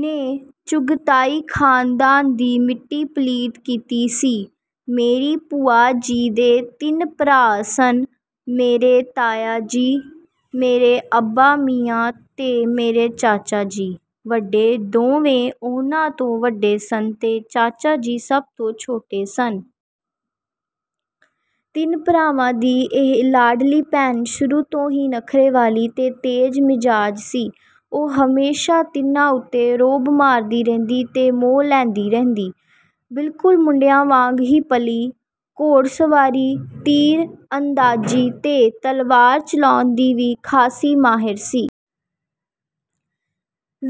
ਨੇ ਚੁਗ਼ਤਾਈ ਖ਼ਾਨਦਾਨ ਦੀ ਮਿੱਟੀ ਪਲੀਤ ਕੀਤੀ ਸੀ। ਮੇਰੀ ਭੂਆ ਜੀ ਦੇ ਤਿੰਨ ਭਰਾ ਸਨ। ਮੇਰੇ ਤਾਇਆ ਜੀ, ਮੇਰੇ ਅੱਬਾ ਮੀਆਂ ਤੇ ਮੇਰੇ ਚਾਚਾ ਜੀ, ਵੱਡੇ ਦੋਵੇਂ ਉਨ੍ਹਾਂ ਤੋਂ ਵੱਡੇ ਸਨ ਤੇ ਚਾਚਾ ਜੀ ਸਭ ਤੋਂ ਛੋਟੇ ਸਨ। ਤਿੰਨ ਭਰਾਵਾਂ ਦੀ ਇਹ ਲਾਡਲੀ ਭੈਣ ਸ਼ੁਰੂ ਤੋਂ ਹੀ ਨਖ਼ਰੇ ਵਾਲੀ ਤੇ ਤੇਜ਼ ਮਿਜ਼ਾਜ਼ ਸੀ। ਉਹ ਹਮੇਸ਼ਾ ਤਿੰਨਾਂ ਉੱਤੇ ਰੋਅਬ ਮਾਰਦੀ ਰਹਿੰਦੀ ਤੇ ਮੋਹ ਲੈਂਦੀ ਰਹਿੰਦੀ। ਬਿਲਕੁਲ ਮੁੰਡਿਆਂ ਵਾਂਗ ਹੀ ਪਲੀ, ਘੋੜਸਵਾਰੀ, ਤੀਰਅੰਦਾਜ਼ੀ ਤੇ ਤਲਵਾਰ ਚਲਾਉਣ ਦੀ ਵੀ ਖਾਸੀ ਮਾਹਿਰ ਸੀ।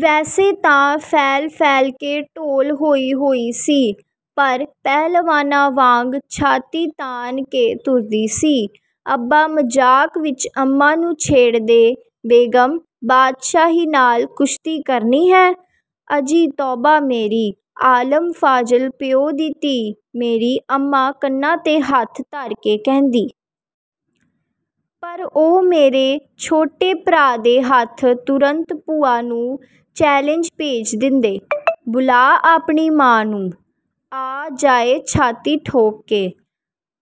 ਵੈਸੇ ਤਾਂ ਫੈਲ-ਫੈਲ ਕੇ ਢੋਲ ਹੋਈ ਹੋਈ ਸੀ, ਪਰ ਪਹਿਲਵਾਨਾਂ ਵਾਂਗ ਛਾਤੀ ਤਾਣ ਕੇ ਤੁਰਦੀ ਸੀ। ਅੱਬਾ ਮਜ਼ਾਕ ਵਿੱਚ ਅੰਮਾਂ ਨੂੰ ਛੇੜਦੇ, ''ਬੇਗਮ, ਬਾਦਸ਼ਾਹੀ ਨਾਲ ਕੁਸ਼ਤੀ ਕਰਨੀ ਹੈ?" ''ਅਜੀ ਤੌਬਾ ਮੇਰੀ।'' ਆਲਮ-ਫ਼ਾਜ਼ਲ ਪਿਓ ਦੀ ਧੀ, ਮੇਰੀ ਅੰਮਾਂ ਕੰਨਾਂ 'ਤੇ ਹੱਥ ਧਰ ਕੇ ਕਹਿੰਦੀ। ਪਰ ਉਹ ਮੇਰੇ ਛੋਟੇ ਭਰਾ ਦੇ ਹੱਥ ਤੁਰੰਤ ਭੂਆ ਨੂੰ ਚੈਲੇਂਜ ਭੇਜ ਦਿੰਦੇ। ''ਬੁਲਾ ਆਪਣੀ ਮਾਂ ਨੂੰ। ਆ ਜਾਏ ਛਾਤੀ ਠੋਕ ਕੇ।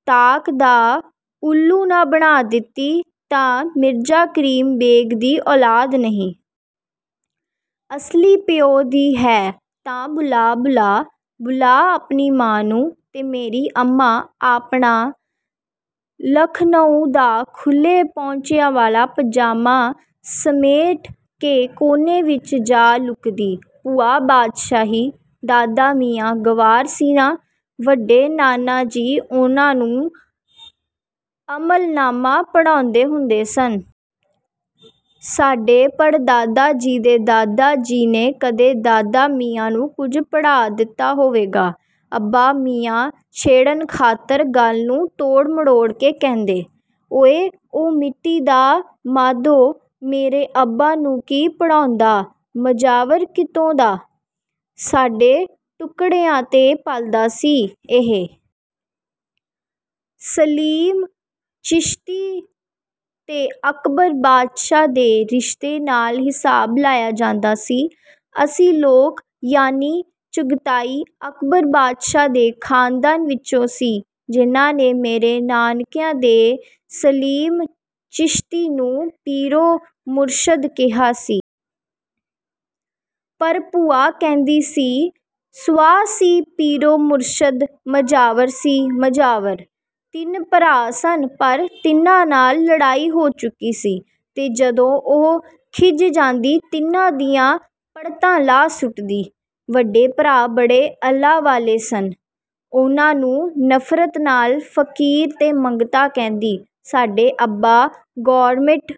ਤਾਕ ਦਾ ਉੱਲੂ ਨਾ ਬਣਾ ਦਿੱਤੀ ਤਾਂ ਮਿਰਜ਼ਾ ਕਰੀਮ ਬੇਗ ਦੀ ਔਲਾਦ ਨਹੀਂ। ਅਸਲੀ ਪਿਓ ਦੀ ਹੈ ਤਾਂ ਬੁਲਾ-ਬੁਲਾ, ਬੁਲਾ ਆਪਣੀ ਮਾਂ ਨੂੰ'' ਤੇ ਮੇਰੀ ਅੰਮਾਂ ਆਪਣਾ ਲਖ਼ਨਊ ਦਾ ਖੁੱਲ੍ਹੇ ਪੌਂਚਿਆਂ ਵਾਲਾ ਪਾਜਾਮਾ ਸਮੇਟ ਕੇ ਕੋਨੇ ਵਿੱਚ ਜਾ ਲੁਕਦੀ।''ਭੂਆ ਬਾਦਸ਼ਾਹੀ, ਦਾਦਾ ਮੀਆਂ ਗਵਾਰ ਸੀ ਨਾ? ਵੱਡੇ ਨਾਨਾ ਜੀ ਉਨ੍ਹਾਂ ਨੂੰ ਅਮਲਨਾਮਾ ਪੜ੍ਹਾਉਂਦੇ ਹੁੰਦੇ ਸਨ।" ਸਾਡੇ ਪੜਦਾਦਾ ਜੀ ਦੇ ਦਾਦਾ ਜੀ ਨੇ ਕਦੇ ਦਾਦਾ ਮੀਆਂ ਨੂੰ ਕੁਝ ਪੜ੍ਹਾ ਦਿੱਤਾ ਹੋਵੇਗਾ। ਅੱਬਾ ਮੀਆਂ ਛੇੜਨ ਖ਼ਾਤਰ ਗੱਲ ਨੂੰ ਤੋੜ-ਮਰੋੜ ਕੇ ਕਹਿੰਦੇ। ''ਓਏ ਉਹ ਮਿੱਟੀ ਦਾ ਮਾਧੋ ਮੇਰੇ ਅੱਬਾ ਨੂੰ ਕੀ ਪੜ੍ਹਾਉਂਦਾ--ਮਜਾਵਰ ਕਿਤੋਂ ਦਾ, ਸਾਡੇ ਟੁੱਕੜਿਆਂ 'ਤੇ ਪਲਦਾ ਸੀ।"ਇਹ ਸਲੀਮ ਚਿਸ਼ਤੀ ਤੇ ਅਕਬਰ ਬਾਦਸ਼ਾਹ ਦੇ ਰਿਸ਼ਤੇ ਨਾਲ ਹਿਸਾਬ ਲਾਇਆ ਜਾਂਦਾ ਸੀ। ਅਸੀਂ ਲੋਕ ਯਾਨੀ ਚੁਗ਼ਤਾਈ, ਅਕਬਰ ਬਾਦਸ਼ਾਹ ਦੇ ਖ਼ਾਨਦਾਨ ਵਿੱਚੋਂ ਸੀ ਜਿਨ੍ਹਾਂ ਨੇ ਮੇਰੇ ਨਾਨਕਿਆਂ ਦੇ ਸਲੀਮ ਚਿਸ਼ਤੀ ਨੂੰ ਪੀਰੋ-ਮੁਰਸ਼ਦ ਕਿਹਾ ਸੀ। ਪਰ ਭੂਆ ਕਹਿੰਦੀ ਸੀ, ''ਸੁਆਹ ਸੀ ਪੀਰੋ-ਮੁਰਸ਼ਦ - ਮਜਾਵਰ ਸੀ, ਮਜਾਵਰ।"ਤਿੰਨ ਭਰਾ ਸਨ ਪਰ ਤਿੰਨਾਂ ਨਾਲ ਲੜਾਈ ਹੋ ਚੁੱਕੀ ਸੀ। ਤੇ ਜਦੋਂ ਉਹ ਖਿਝ ਜਾਂਦੀ ਤਿੰਨਾਂ ਦੀਆਂ ਪੜਤਾਂ ਲਾਹ ਸੁੱਟਦੀ। ਵੱਡੇ ਭਰਾ ਬੜੇ ਅੱਲ੍ਹਾ ਵਾਲੇ ਸਨ, ਉਨ੍ਹਾਂ ਨੂੰ ਨਫ਼ਰਤ ਨਾਲ ਫ਼ਕੀਰ ਤੇ ਮੰਗਤਾ ਕਹਿੰਦੀ। ਸਾਡੇ ਅੱਬਾ ਗੌਰਮਿੰਟ